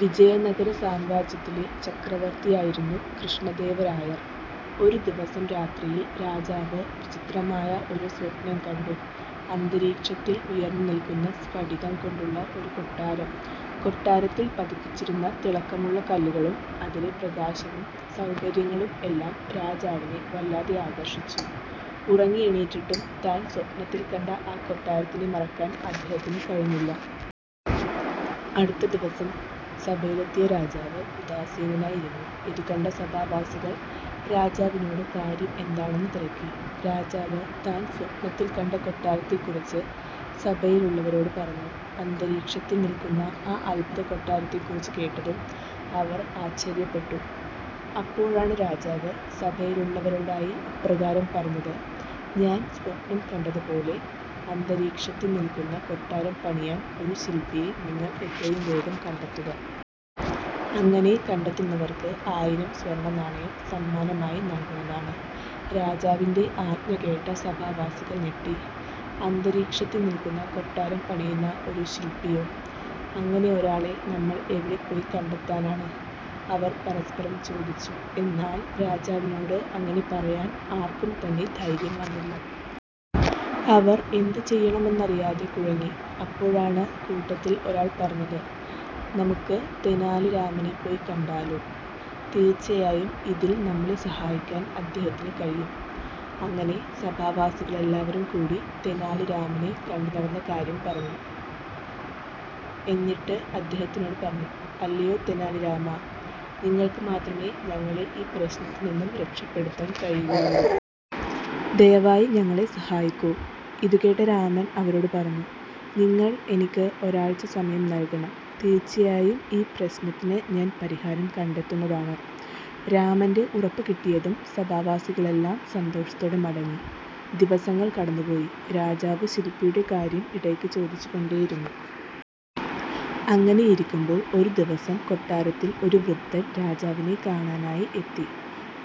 വിജയനഗര സാമ്രാജ്യത്തിലെ ചക്രവർത്തിയായിരുന്നു കൃഷ്ണദേവരായർ. ഒരു ദിവസം രാത്രിയിൽ രാജാവ് വിചിത്രമായ ഒരു സ്വപ്നം കണ്ടു. അന്തരീക്ഷത്തിൽ ഉയർന്നു നിൽക്കുന്ന സ്ഥടികം കൊണ്ടുള്ള ഒരു കൊട്ടാരം. കൊട്ടാരത്തിൽ പതിപ്പിച്ചിരുന്ന തിളക്കമുള്ള കല്ലുകളും അതിലെ പ്രകാശവും സൗകര്യങ്ങളും എല്ലാം രാജാവിനെ വല്ലാതെ ആകർഷിച്ചു. ഉറങ്ങി എണീറ്റിട്ടും താൻ സ്വപ്നത്തിൽ കണ്ട ആ കൊട്ടാരത്തിനെ മറക്കാൻ അദ്ദേഹത്തിന് കഴിഞ്ഞില്ല. അടുത്ത ദിവസം സഭയിലെത്തിയ രാജാവ് ഉദാസീനനായി ഇരുന്നു. ഇതുകണ്ട സഭാവാസികൾ രാജാവിനോട് കാര്യം എന്താണെന്ന് തിരക്കി. രാജാവ് താൻ സ്വപ്നത്തിൽ കണ്ട കൊട്ടാരത്തെക്കുറിച്ച് സഭയിലുള്ളവരോട് പറഞ്ഞു. അന്തരീക്ഷത്തിൽ നിൽക്കുന്ന ആ അത്ഭുത കൊട്ടാരത്തെക്കുറിച്ചു കേട്ടതും അവർ ആശ്ചര്യപ്പെട്ടു. അപ്പോഴാണ് രാജാവ് സഭയിലുള്ളവരോടായി ഇപ്രകാരം പറഞ്ഞത്. "ഞാൻ സ്വപ്നം കണ്ടത് പോലെ അന്തരീക്ഷത്തിൽ നിൽക്കുന്ന കൊട്ടാരം പണിയാൻ ഒരു ശില്പിയെ നിങ്ങൾ എത്രയും വേഗം കണ്ടെത്തുക. അങ്ങനെ കണ്ടെത്തുന്നവർക്ക് ആയിരം സ്വർണ നാണയം സമ്മാനമായി നൽകുന്നതാണ്. " രാജാവിന്റെ ആജ്ഞ കേട്ട സഭാവാസികൾ ഞെട്ടി. "അന്തരീക്ഷത്തിൽ നിൽക്കുന്ന കൊട്ടാരം പണിയുന്ന ഒരു ശില്പിയോ? അങ്ങനെ ഒരാളെ നമ്മൾ എവിടെ പോയി കണ്ടെത്താനാണ്? " അവർ പരസ്പരം ചോദിച്ചു. എന്നാൽ രാജാവിനോട് അങ്ങനെ പറയാൻ ആർക്കും തന്നെ ധൈര്യം വന്നില്ല. അവർ എന്ത് ചെയ്യണമെന്നറിയാതെ കുഴങ്ങി. അപ്പോഴാണ് കൂട്ടത്തിൽ ഒരാൾ പറഞ്ഞത് "നമുക്ക് തെനാലി രാമനെ പോയി കണ്ടാലോ? തീർച്ചയായും ഇതിൽ നമ്മളെ സഹായിക്കാൻ അദ്ദേഹത്തിന് കഴിയും. " അങ്ങനെ സഭാവാസികളെല്ലാവരും കൂടി തെനാലി രാമനെ കണ്ടു നടന്ന കാര്യം പറഞ്ഞു. എന്നിട്ടു അദ്ദേഹത്തിനോട് പറഞ്ഞു "അല്ലയോ തെനാലി രാമാ, നിങ്ങൾക്ക് മാത്രമേ ഞങ്ങളെ ഈ പ്രശ്നത്തിൽ നിന്നും രക്ഷപ്പെടുത്താൻ കഴിയുകയുള്ളൂ. ദയവായി ഞങ്ങളെ സഹായിക്കൂ. " ഇതു കേട്ട രാമൻ അവരോട് പറഞ്ഞു "നിങ്ങൾ എനിക്ക് ഒരാഴ്ച സമയം നൽകണം. തീർച്ചയായും ഈ പ്രശ്നത്തിന് ഞാൻ പരിഹാരം കണ്ടെത്തുന്നതാണ്. " രാമന്റെ ഉറപ്പു കിട്ടിയതും സഭാവാസികളെല്ലാം സന്തോഷത്തോടെ മടങ്ങി. ദിവസങ്ങൾ കടന്നു പോയി. രാജാവ് ശില്പിയുടെ കാര്യം ഇടയ്ക്കു ചോദിച്ചു കൊണ്ടേയിരുന്നു. അങ്ങനെയിരിക്കുമ്പോൾ ഒരു ദിവസം കൊട്ടാരത്തിൽ ഒരു വൃദ്ധൻ രാജാവിനെ കാണാനായി എത്തി.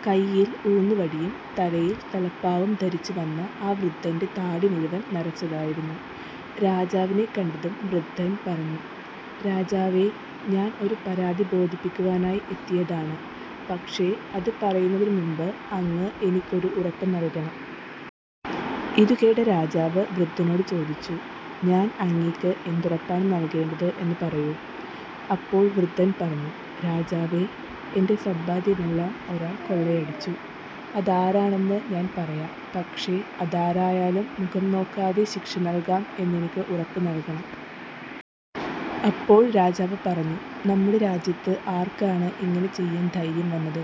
കൈയിൽ ഊന്നു വടിയും തലയിൽ തലപ്പാവും ധരിച്ചു വന്ന ആ വൃദ്ധന്റെ താടി മുഴുവൻ നരച്ചതായിരുന്നു. രാജാവിനെ കണ്ടതും വൃദ്ധൻ പറഞ്ഞു "രാജാവേ, ഞാൻ ഒരു പരാതി ബോധിപ്പിക്കുവാനായി എത്തിയതാണ്. പക്ഷേ അത് പറയുന്നതിന് മുൻപ് അങ്ങ് എനിക്കൊരു ഉറപ്പു നൽകണം. " ഇതു കേട്ട രാജാവ് വൃദ്ധനോട് ചോദിച്ചു "ഞാൻ അങ്ങേക്ക് എന്ത് ഉറപ്പാണ് നൽകേണ്ടത് എന്നു പറയൂ? " അപ്പോൾ വൃദ്ധൻ പറഞ്ഞു "രാജാവേ, എന്റെ സമ്പാദ്യമെല്ലാം ഒരാൾ കൊള്ളയടിച്ചു. അതാരാണെന്ന് ഞാൻ പറയാം. പക്ഷെ അതാരായാലും മുഖം നോക്കാതെ ശിക്ഷ നൽകാം എന്നെനിക്ക് ഉറപ്പു നൽകണം. " അപ്പോൾ രാജാവ് പറഞ്ഞു "നമ്മുടെ രാജ്യത്ത് ആർക്കാണ് ഇങ്ങനെ ചെയ്യാൻ ധൈര്യം വന്നത്?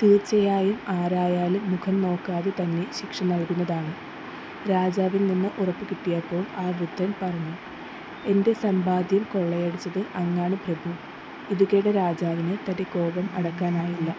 തീർച്ചയായും ആരായാലും മുഖം നോക്കാതെ തന്നെ ശിക്ഷ നൽകുന്നതാണ്. " രാജാവിൽ നിന്ന് ഉറപ്പു കിട്ടിയപ്പോൾ ആ വൃദ്ധൻ പറഞ്ഞു "എന്റെ സമ്പാദ്യം കൊള്ളയടിച്ചത് അങ്ങാണ് പ്രഭു. " ഇതുകേട്ട രാജാവിന് തന്റെ കോപം അടക്കാൻ ആയില്ല.